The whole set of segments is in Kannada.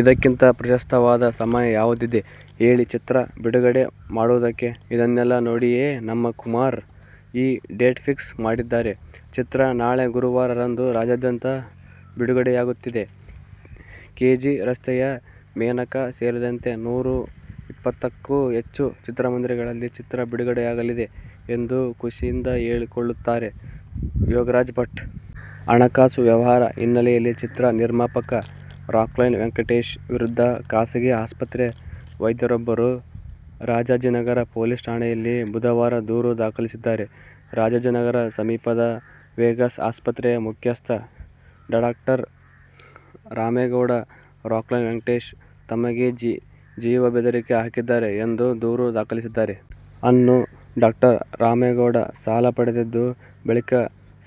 ಇದಕ್ಕಿಂತ ಪ್ರಶಸ್ತವಾದ ಸಮಯ ಯಾವುದಿದೆ ಹೇಳಿ ಚಿತ್ರ ಬಿಡುಗಡೆ ಮಾಡುವುದಕ್ಕೆ. "ಇದನ್ನೆಲ್ಲಾ ನೋಡಿಯೇ ನಮ್ಮ ಕುಮಾರ್ ಈ ಡೇಟ್ ಫಿಕ್ಸ್ ಮಾಡಿದ್ದಾರೆ. ಚಿತ್ರ ನಾಳೆ ಗುರುವಾರ ರಂದು ರಾಜ್ಯದ್ಯಂತ ಬಿಡುಗಡೆಯಾಗುತ್ತಿದೆ. ಕೆ. ಜಿ. ರಸ್ತೆಯ ಮೇನಕಾ ಸೇರಿದಂತೆ ನೂರ ಇಪ್ಪತ್ತಕ್ಕೂ ಹೆಚ್ಚು ಚಿತ್ರಮಂದಿರಗಳಲ್ಲಿ ಚಿತ್ರ ಬಿಡಗುಡೆಯಾಗಲಿದೆ' ಎಂದು ಖುಷಿಯಿಂದ ಹೇಳಿಕೊಳ್ಳುತ್ತಾರೆ ಯೋಗರಾಜ್ ಭಟ್. ಹಣಕಾಸು ವ್ಯವಹಾರ ಹಿನ್ನೆಲೆಯಲ್ಲಿ ಚಿತ್ರ ನಿರ್ಮಾಪಕ ರಾಕ್ಲೈನ್ ವೆಂಕಟೇಶ್ ವಿರುದ್ಧ ಖಾಸಗಿ ಆಸ್ಪತ್ರೆ ವೈದ್ಯರೊಬ್ಬರು ರಾಜಾಜಿನಗರ ಪೊಲೀಸ್ ಠಾಣೆಯಲ್ಲಿ ಬುಧವಾರ ದೂರು ದಾಖಲಿಸಿದ್ದಾರೆ. ರಾಜಾಜಿನಗರ ಸಮೀಪದ ವೆಗಸ್ ಆಸ್ಪತ್ರೆಯ ಮುಖ್ಯಸ್ಥ ಡಡಾಕ್ಟರ್ ರಾಮೇಗೌಡ, ರಾಕ್ಲೈನ್ ವೆಂಕಟೇಶ್ ತಮಗೆ ಜೀವ ಬೆದರಿಕೆ ಹಾಕಿದ್ದಾರೆ ಎಂದು ದೂರು ದಾಖಲಿಸಿದ್ದಾರೆ. ಅನ್ನು ಡಾಕ್ಟರ್. ರಾಮೇಗೌಡ ಸಾಲ ಪಡೆದಿದ್ದು, ಬಳಿಕ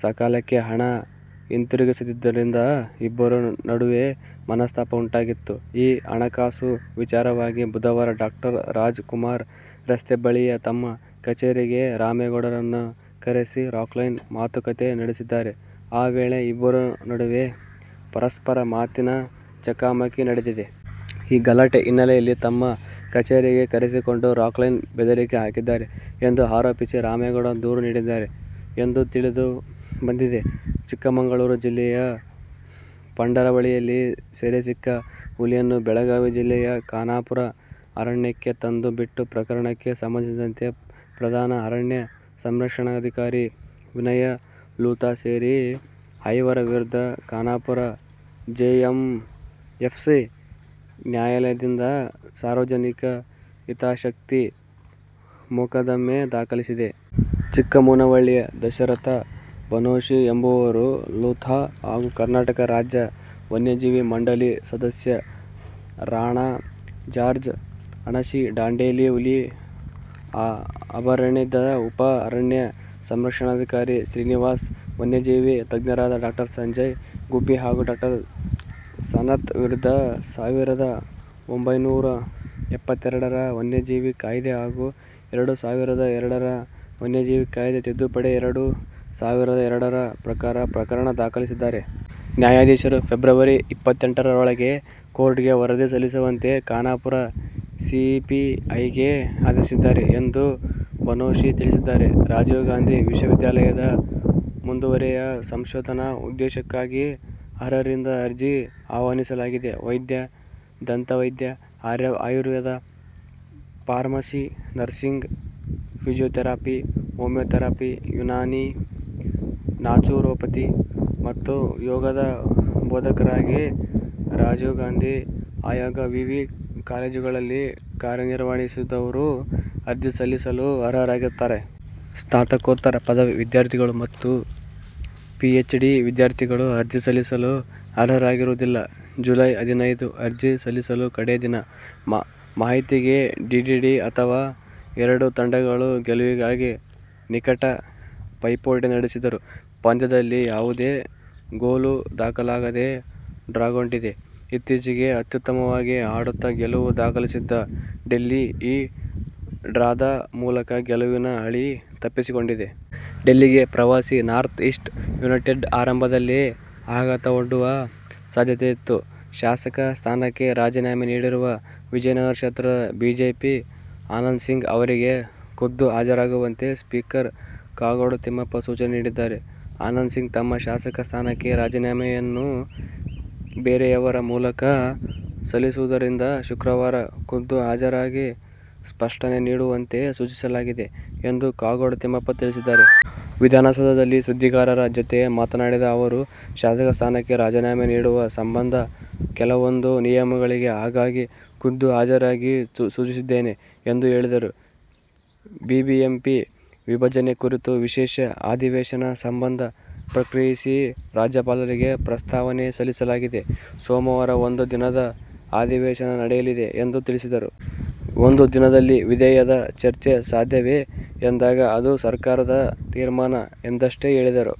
ಸಕಾಲಕ್ಕೆ ಹಣ ಹಿಂತಿರುಗಿಸದಿದ್ದರಿಂದ ಇಬ್ಬರ ನಡುವೆ ಮನಸ್ತಾಪ ಉಂಟಾಗಿತ್ತು. ಈ ಹಣಕಾಸು ವಿಚಾರವಾಗಿ ಬುಧವಾರ ಡಾಕ್ಟರ್ ರಾಜ್ ಕುಮಾರ್ ರಸ್ತೆ ಬಳಿಯ ತಮ್ಮ ಕಚೇರಿಗೆ ರಾಮೇಗೌಡರನ್ನು ಕರೆಸಿ ರಾಕ್ಲೈನ್ ಮಾತುಕತೆ ನಡೆಸಿದ್ದಾರೆ. ಆ ವೇಳೆ ಇಬ್ಬರ ನಡುವೆ ಪರಸ್ಪರ ಮಾತಿನ ಚಕಮಕಿ ನಡೆದಿದೆ. ಈ ಗಲಾಟೆ ಹಿನ್ನೆಲೆಯಲ್ಲಿ ತಮ್ಮ ಕಚೇರಿಗೆ ಕರೆಸಿಕೊಂಡು ರಾಕ್ಲೈನ್ ಬೆದರಿಕೆ ಹಾಕಿದ್ದಾರೆ ಎಂದು ಆರೋಪಿಸಿ ರಾಮೇಗೌಡ ದೂರು ನೀಡಿದ್ದಾರೆ ಎಂದು ತಿಳಿದು ಬಂದಿದೆ. ಚಿಕ್ಕಮಗಳೂರು ಜಿಲ್ಲೆಯ ಪಂಡರವಳ್ಳಿಯಲ್ಲಿ ಸೆರೆ ಸಿಕ್ಕ ಹುಲಿಯನ್ನು ಬೆಳಗಾವಿ ಜಿಲ್ಲೆಯ ಖಾನಾಪುರ ಅರಣ್ಯಕ್ಕೆ ತಂದು ಬಿಟ್ಟ ಪ್ರಕರಣಕ್ಕೆ ಸಂಬಂಧಿಸಿದಂತೆ ಪ್ರಧಾನ ಅರಣ್ಯ ಸಂರಕ್ಷಣಾಧಿಕಾರಿ ವಿನಯ ಲೂಥಾ ಸೇರಿ ಐವರ ವಿರುದ್ಧ ಖಾನಾಪುರ ಜೆಎಂಎಫ್ಸಿ ನ್ಯಾಯಾಲಯದಲ್ಲಿ ಸಾರ್ವಜನಿಕ ಹಿತಾಸಕ್ತಿ ಮೊಕದ್ದಮೆ ದಾಖಲಾಗಿದೆ. ಚಿಕ್ಕಮುನವಳ್ಳಿಯ ದಶರಥ ಬನೋಶಿ ಎಂಬುವವರು, ಲೂಥಾ ಹಾಗೂ ಕರ್ನಾಟಕ ರಾಜ್ಯ ವನ್ಯಜೀವಿ ಮಂಡಳಿ ಸದಸ್ಯ ರಾಣಾ ಜಾರ್ಜ್, ಅಣಶಿ-ದಾಂಡೇಲಿ ಹುಲಿ ಅಭಯಾರಣ್ಯದ ಉಪ ಅರಣ್ಯ ಸಂರಕ್ಷಣಾಧಿಕಾರಿ ಶ್ರೀನಿವಾಸ, ವನ್ಯಜೀವಿ ತಜ್ಞರಾದ ಡಾ ಸಂಜಯ ಗುಬ್ಬಿ ಹಾಗೂ ಡಾ ಸನತ್ ವಿರುದ್ಧ ಸಾವಿರದ ಒಂಬೈನೂರ ಎಪ್ಪತ್ತೆರಡರ ವನ್ಯಜೀವಿ ಕಾಯ್ದೆ ಹಾಗೂ ಎರಡು ಸಾವಿರದ ಎರಡರ ವನ್ಯಜೀವಿ ಕಾಯ್ದೆ ತಿದ್ದುಪಡಿ ಎರಡು ಸಾವಿರದ ಎರಡರ ಪ್ರಕಾರ ಪ್ರಕರಣ ದಾಖಲಿಸಿದ್ದಾರೆ. ನ್ಯಾಯಾಧೀಶರು ಫೆಬ್ರವರಿ ಇಪ್ಪತ್ತೆಂಟರೊಳಗೆ ಕೋರ್ಟಿಗೆ ವರದಿ ಸಲ್ಲಿಸುವಂತೆ ಖಾನಾಪುರ ಸಿಪಿಐಗೆ ಆದೇಶಿಸಿದ್ದಾರೆ ಎಂದು ಬನೋಶಿ ತಿಳಿಸಿದ್ದಾರೆ. ರಾಜೀವ್ ಗಾಂಧಿ ವಿಶ್ವವಿದ್ಯಾನಿಲಯದ ಮುಂದುವರೆದ ಸಂಶೋಧನಾ ಉದ್ದೇಶಕ್ಕಾಗಿ ಅರ್ಹರಿಂದ ಅರ್ಜಿ ಆಹ್ವಾನಿಸಲಾಗಿದೆ. ವೈದ್ಯ, ದಂತ ವೈದ್ಯ, Ayurveda, pharmacy, nursing, physiotherapy, homeopathy, Unani, naturopathy ಮತ್ತು ಯೋಗದ ಬೋಧಕರಾಗಿ ರಾಜೀವ್ಗಾಂಧಿ ಆರೋಗ್ಯ ವಿವಿ ಕಾಲೇಜುಗಳಲ್ಲಿ ಕಾರ್ಯನಿರ್ವಹಿಸುತ್ತಿರುವರು ಅರ್ಜಿ ಸಲ್ಲಿಸಲು ಅರ್ಹರಾಗಿರುತ್ತಾರೆ. ಸ್ನಾತಕೋತ್ತರ ಪದವಿ ವಿದ್ಯಾರ್ಥಿಗಳು ಮತ್ತು ಪಿಎಚ್ಡಿ ವಿದ್ಯಾರ್ಥಿಗಳು ಅರ್ಜಿ ಸಲ್ಲಿಸಲು ಅರ್ಹರಾಗಿರುವುದಿಲ್ಲ. ಜುಲೈ ಹದಿನೈದು ಅರ್ಜಿ ಸಲ್ಲಿಸಲು ಕಡೆ ದಿನ. ಮಾಹಿತಿಗೆ ಡಿಡಿಡಿಅಥವಾ. ಎರಡೂ ತಂಡಗಳು ಗೆಲುವಿಗಾಗಿ ನಿಕಟ ಪೈಪೋಟಿ ನಡೆಸಿದರೂ ಪಂದ್ಯದಲ್ಲಿ ಯಾವುದೇ ಗೋಲು ದಾಖಲಾಗದೆ ಡ್ರಾಗೊಂಡಿದೆ. ಇತ್ತೀಚೆಗೆ ಅತ್ಯುತ್ತಮವಾಗಿ ಆಡುತ್ತ ಗೆಲುವು ದಾಖಲಿಸುತ್ತಿದ್ದ ಡೆಲ್ಲಿ ಈ ಡ್ರಾದ ಮೂಲಕ ಗೆಲುವಿನ ಹಳಿ ತಪ್ಪಿಸಿಕೊಂಡಿದೆ. ಡೆಲ್ಲಿಗೆ ಪ್ರವಾಸಿ ನಾರ್ಥ್ ಈಸ್ಟ್ ಯುನೈಟೆಡ್ ಆರಂಭದಲ್ಲೇ ಆಘಾತವೊಡ್ಡುವ ಸಾಧ್ಯತೆಯಿತ್ತು. ಶಾಸಕ ಸ್ಥಾನಕ್ಕೆ ರಾಜೀನಾಮೆ ನೀಡಿರುವ ವಿಜಯನಗರ ಕ್ಷೇತ್ರದ ಬಿಜೆಪಿ ಆನಂದ್ಸಿಂಗ್ ಅವರಿಗೆ ಖುದ್ದು ಹಾಜರಾಗುವಂತೆ ಸ್ಪೀಕರ್ ಕಾಗೋಡು ತಿಮ್ಮಪ್ಪ ಸೂಚನೆ ನೀಡಿದ್ದಾರೆ. ಆನಂದ್ಸಿಂಗ್ ತಮ್ಮ ಶಾಸಕ ಸ್ಥಾನಕ್ಕೆ ರಾಜೀನಾಮೆಯನ್ನು ಬೇರೆಯವರ ಮೂಲಕ ಸಲ್ಲಿಸಿರುವುದರಿಂದ ಶುಕ್ರವಾರ ಖುದ್ದು ಹಾಜರಾಗಿ ಸ್ಪಷ್ಟನೆ ನೀಡುವಂತೆ ಸೂಚಿಸಲಾಗಿದೆ ಎಂದು ಕಾಗೋಡು ತಿಮ್ಮಪ್ಪ ತಿಳಿಸಿದ್ದಾರೆ. ವಿಧಾನಸೌಧದಲ್ಲಿ ಸುದ್ದಿಗಾರರ ಜತೆ ಮಾತನಾಡಿದ ಅವರು, ಶಾಸಕ ಸ್ಥಾನಕ್ಕೆ ರಾಜೀನಾಮೆ ನೀಡುವ ಸಂಬಂಧ ಕೆಲವೊಂದು ನಿಯಮಗಳಿವೆ. ಹಾಗಾಗಿ, ಖುದ್ದು ಹಾಜರಿಗೆ ಸೂಚಿಸಿದ್ದೇನೆ ಎಂದು ಹೇಳಿದರು. ಬಿಬಿಎಂಪಿ ವಿಭಜನೆ ಕುರಿತು ವಿಶೇಷ ಅಧಿವೇಶನ ಸಂಬಂಧ ಪ್ರತಿಕ್ರಿಯಿಸಿ, ರಾಜ್ಯಪಾಲರಿಗೆ ಪ್ರಸ್ತಾವನೆ ಸಲ್ಲಿಸಲಾಗಿದೆ. ಸೋಮವಾರ ಒಂದು ದಿನದ ಅಧಿವೇಶನ ನಡೆಯಲಿದೆ ಎಂದು ತಿಳಿಸಿದರು. ಒಂದು ದಿನದಲ್ಲಿ ವಿಧೇಯಕ ಚರ್ಚೆ ಸಾಧ್ಯವೇ ಎಂದಾಗ, ಅದು ಸರ್ಕಾರದ ತೀರ್ಮಾನ ಎಂದಷ್ಟೇ ಹೇಳಿದರು.